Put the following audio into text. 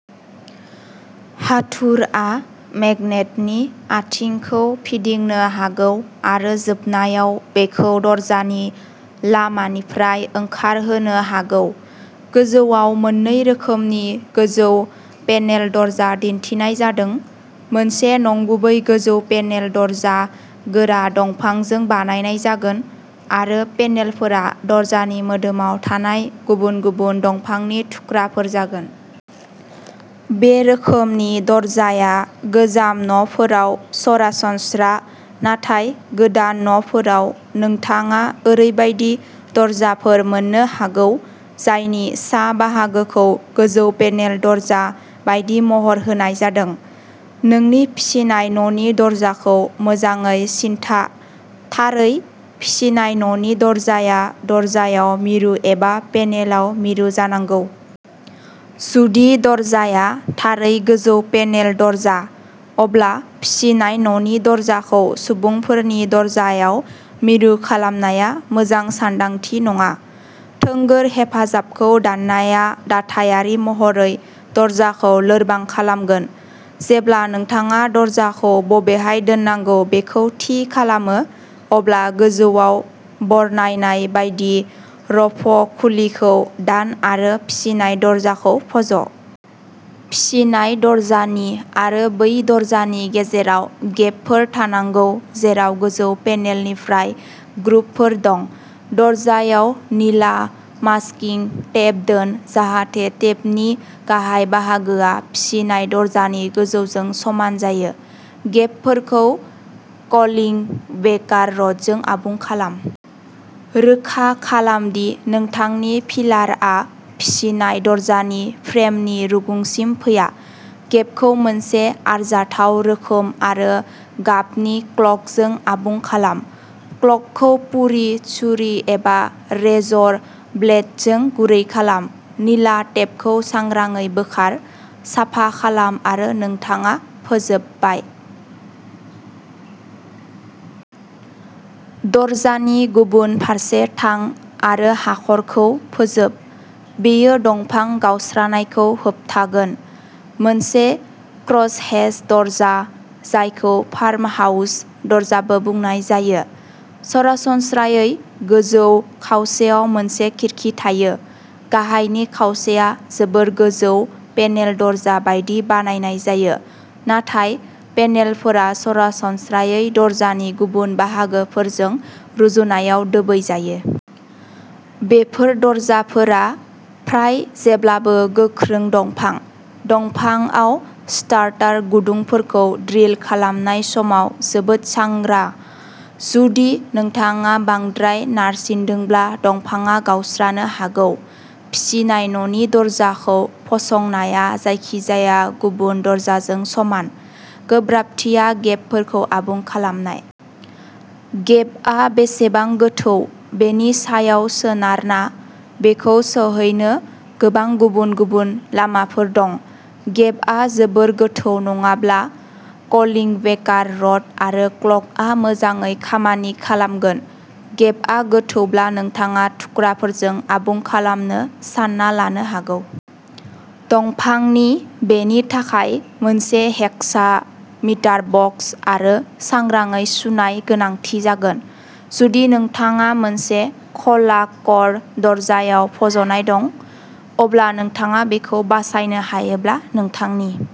हाथुरआ मेगनेटनि आथिंखौ फिदिंनो हागौ आरो जोबनायाव बेखौ दरजानि लामानिफ्राय ओंखारहोनो हागौ। गोजौआव मोननै रोखोमनि गोजौ पेनेल दरजा दिन्थिनाय जादों। मोनसे नंगुबै गोजौ पेनेल दरजा गोरा दंफांजों बानायनाय जागोन, आरो पेनेलफोरा दरजानि मोदोमाव थानाय गुबुन गुबुन दंफांनि थुख्राफोर जागोन। बे रोखोमनि दरजाया गोजाम न'फोराव सरासनस्रा, नाथाय गोदान न'फोराव नोंथाङा ओरैबायदि दरजाफोर मोन्नो हागौ जायनि सा बाहागोखौ गोजौ पेनेल दरजा बायदि महर होनाय जादों। नोंनि फिसिनाय न'नि दरजाखौ मोजाङै सिनथा। थारै, फिसिनाय न'नि दरजाया दरजायाव मिरु एबा पेनेलाव मिरु जानांगौ। जुदि दरजाया थारै गोजौ पेनेल दरजा, अब्ला फिसिनाय न'नि दरजाखौ सुबुंफोरनि दरजायाव मिरु खालामनाया मोजां सानदांथि नङा। थोंगोर हेफाजाबखौ दाननाया दाथायारि महरै दरजाखौ लोरबां खालामगोन। जेब्ला नोंथाङा दरजाखौ बबेहाय दोननांगौ बेखौ थि खालामो, अब्ला गोजौवाव बरनायनाय बायदि र'फ' खुलिखौ दान आरो फिसिनाय दरजाखौ फज'। फिसिनाय दरजानि आरो बै दरजानि गेजेराव गेबफोर थानांगौ जेराव गोजौ पेनेलनिफ्राय ग्रुभफोर दं। दरजायाव निला मास्किंग टेप दोन जाहाथे टेपनि गाहाय बाहागोआ फिसिनाय दरजानि गोजौजों समान जायो। गेबफोरखौ कलिं बेकार रड जों आबुं खालाम। रोखा खालाम दि नोंथांनि फिलारआ फिसिनाय दरजानि फ्रेमनि रुगुंसिम फैया। गेबखौ मोनसे आरजाथाव रोखोम आरो गाबनि क्लकजों आबुं खालाम। क्लकखौ पुरी छुरी एबा रेजर ब्लेडजों गुरै खालाम। निला टेपखौ सांग्राङै बोखार। साफा खालाम आरो नोंथाङा फोजोबबाय। दरजानि गुबुन फारसे थां आरो हाखरखौ फोजोब। बेयो दंफां गावस्रानायखौ होबथागोन। मोनसे क्रसहेच दरजा, जायखौ फार्महाउस दरजाबो बुंनाय जायो, सरासनस्रायै गोजौ खावसेयाव मोनसे खिरखि थायो। गाहायनि खावसेया जोबोद गोजौ पेनेल दरजा बायदि बानायनाय जायो, नाथाय पेनेलफोरा सरासनस्रायै दरजानि गुबुन बाहागोफोरजों रुजुनायाव दोबै जायो। बेफोर दरजाफोरा फ्राय जेब्लाबो गोख्रों दंफां। दंफांआव स्टार्टार गुदुंफोरखौ ड्रिल खालामनाय समाव जोबोद सांग्रा। जुदि नोंथाङा बांद्राय नारसिनदोंब्ला दंफांआ गावस्रानो हागौ। फिसिनाय न'नि दरजाखौ फसंनाया जायखिजाया गुबुन दरजाजों समान। गोब्राबथिया गेबफोरखौ आबुं खालामनाय। गेबआ बेसेबां गोथौ, बेनि सायाव सोनारना, बेखौ सौहैनो गोबां गुबुन-गुबुन लामाफोर दं। गेबआ जोबोद गोथौ नङाब्ला, कलिं बेकार रड आरो क्लखआ मोजाङै खामानि खालामगोन। गेबआ गोथौब्ला नोंथाङा थुख्राफोरजों आबुं खालामनो सानना लानो हागौ। दंफांनि बेनि थाखाय मोनसे हेकसा, मिटार बक्स आरो सांग्राङै सुनाय गोनांथि जागोन। जुदि नोंथाङा मोनसे ख'ला क'र दरजायाव फज'नाय दं, अब्ला नोंथाङा बेखौ बासायनो हायोब्ला नोंथांनि